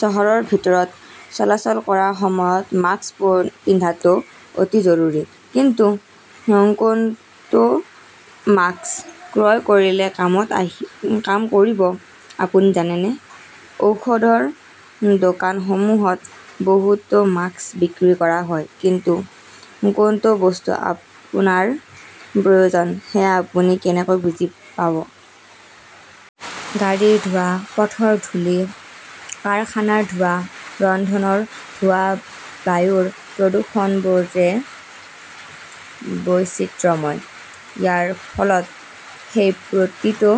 চহৰৰ ভিতৰত চলাচল কৰাৰ সময়ত মাস্ক পিন্ধাটো অতি জৰুৰী। কিন্তু কোনটো মাস্ক ক্ৰয় কৰিলে কাম কৰিব, আপুনি জানেনে? ঔষধৰ দোকানসমূহত বহুতো মাস্ক বিক্ৰী কৰা হয়। কিন্তু কোনটো বস্তু আপোনাৰ প্ৰয়োজন সেয়া আপুনি কেনেকৈ বুজি পাব? গাড়ীৰ ধোঁৱা, পথৰ ধূলি, কাৰখানাৰ ধোঁৱা, ৰন্ধনৰ ধোঁৱাবায়ুৰ প্ৰদূষকবোৰো বৈচিত্ৰ্যময়। ইয়াৰ ফলত সেই প্ৰতিটো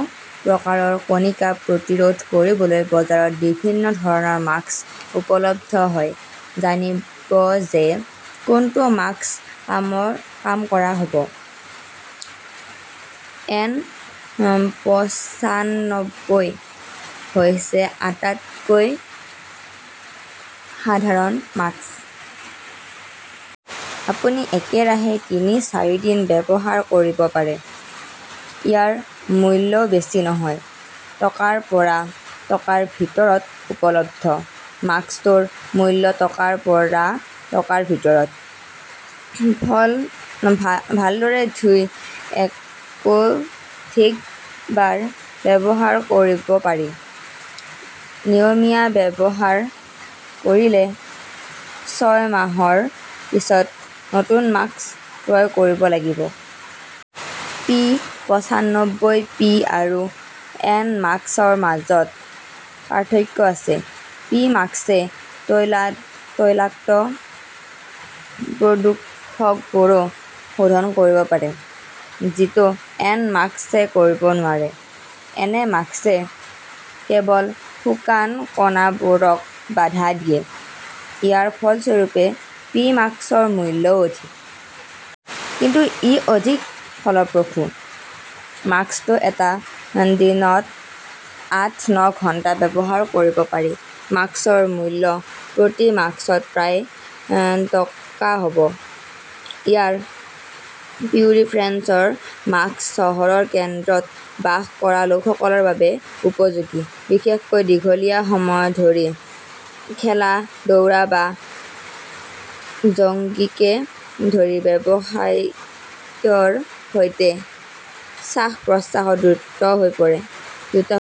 প্ৰকাৰৰ কণিকা প্ৰতিৰোধ কৰিবলৈ বজাৰত বিভিন্ন ধৰণৰ মাস্ক উপলব্ধ হয়। জানিব যে কোনটো মাস্কত কাম কৰা হব। এন পঁচানব্বই হৈছে আটাইতকৈ সাধাৰণ মাস্ক। আপুনি একেৰাহে তিনি-চাৰিদিন ব্যৱহাৰ কৰিব পাৰে। ইয়াৰ মূল্যও বেছি নহয়। টকাৰ পৰা টকাৰ ভিতৰত উপলব্ধ। মাস্কটোৰ মূল্য টকাৰ পৰা টকাৰ ভিতৰত। ভালদৰে ধুই একাধিকবাৰ ব্যৱহাৰ কৰিব পাৰি। নিয়মীয়া ব্যৱহাৰ কৰিলে ছয় মাহৰ পিছত নতুন মাস্ক ক্ৰয় কৰিব লাগিব। পি পঁচানব্বই পি আৰু এন মাস্কৰ মাজত পাৰ্থক্য আছে। পি মাস্কে তৈলাক্ত প্ৰদূষকবোৰো শোধন কৰিব পাৰে, যিটো এন মাস্ক কৰিব নোৱাৰে। এন মাস্কে কেৱল শুকান কণাবোৰক বাধা দিয়ে। ইয়াৰ ফলস্বৰূপে পি মাস্কৰ মূল্যও অধিক। কিন্তু ই অধিক ফলপ্ৰসূ। মাস্কটো এটা দিনত আঠ-ন ঘণ্টা ব্যৱহাৰ কৰিব পাৰি। মাস্কৰ মূল্য প্ৰতি মাস্কত প্ৰায় টকা হব। এয়াৰ পিউৰিফিকেশ্যন মাস্ক চহৰৰ কেন্দ্ৰত বাস কৰা লোকসকলৰ বাবে উপযোগী। বিশেষকৈ দীঘলীয়া সময় ধৰি খেলা, দৌৰা বা জগিংকে ধৰি ব্যায়ামৰ সৈতে শ্বাস-প্ৰশ্বাস দ্ৰুত হৈ থাকে।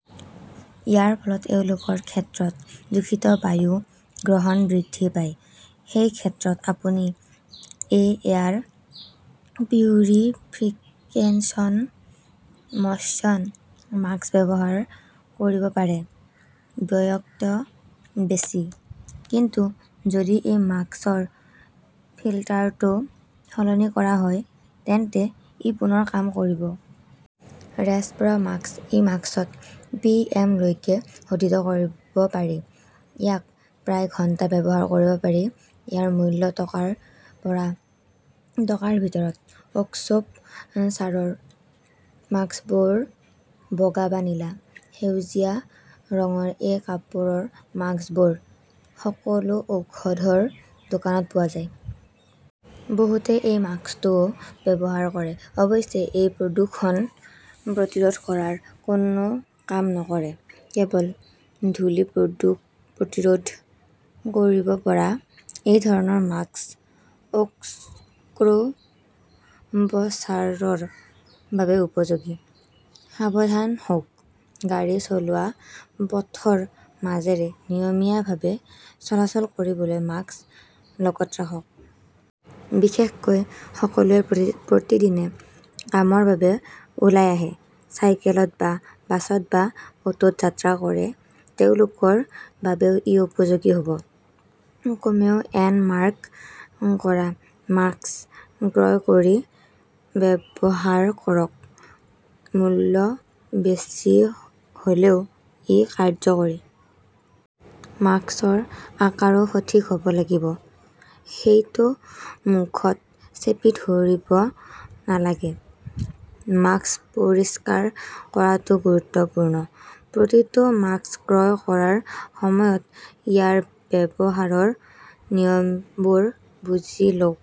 ইয়াৰ ফলত তেওঁলোকৰ ক্ষেত্ৰত দূষিত বায়ু গ্ৰহণ বৃদ্ধি পায়। সেই ক্ষেত্ৰত আপুনি এই এয়াৰ পিউৰিফিকেশ্যন মশ্যন মাস্ক ব্যৱহাৰ কৰিব পাৰে। ব্যয়ও বেছি। কিন্তু যদি এই মাস্কৰ ফিল্টাৰটো সলনি কৰা হয় তেন্তে ই পুনৰ কাম কৰিব। ৰেচপ্ৰ 'মাস্ক এই মাস্কত পি. এম. লৈকে শোধন কৰিব পাৰি। ইয়াক প্ৰায় ঘণ্টা ব্যৱহাৰ কৰিব পাৰি। ইয়াৰ মূল্য টকাৰ পৰা টকাৰ ভিতৰত। অস্ত্ৰোপচাৰৰ মাস্কবোৰ বগা বা নীলা, সেউজীয়া ৰঙৰ এই কাপোৰৰ মাস্কবোৰ সকলো ঔষধৰ দোকানত পোৱা যাব। বহুতে এই মাস্কটোও ব্যৱহাৰ কৰে। অৱশ্যে, ই প্ৰদূষণ প্ৰতিৰোধ কৰাৰ কোনো কাম নকৰে। কেৱল ধূলি প্ৰতিৰোধ কৰিব পৰা এই ধৰণৰ মাস্ক অস্ত্ৰোপচাৰৰ বাবে উপযোগী। সাৱধান হওক। গাড়ী চলোৱা পথৰ মাজেৰে নিয়মিতভাৱে চলাচল কৰিবলৈ মাস্ক লগত ৰাখক। বিশেষকৈ যিসকলে প্ৰতিদিনে কামৰ বাবে ওলাই আহে, চাইকেলত বা বাছত বা অটোত যাত্ৰা কৰে তেওঁলোকৰ বাবেও ই উপযোগী হ 'ব। কমেও এন-মাৰ্ক কৰা মাস্ক ক্ৰয় কৰি ব্যৱহাৰ কৰক। মূল্য বেছি হলেও ই কাৰ্যকৰী। মাস্কৰ আকাৰো সঠিক হব লাগিব। সেইটো মুখত চেপি ধৰিব নালাগে। মাস্ক পৰিষ্কাৰ কৰাটোও গুৰুত্বপূৰ্ণ। প্ৰতিটো মাস্ক ক্ৰয় কৰাৰ সময়ত ইয়াৰ ব্যৱহাৰৰ নিয়মবোৰ বুজি লওক।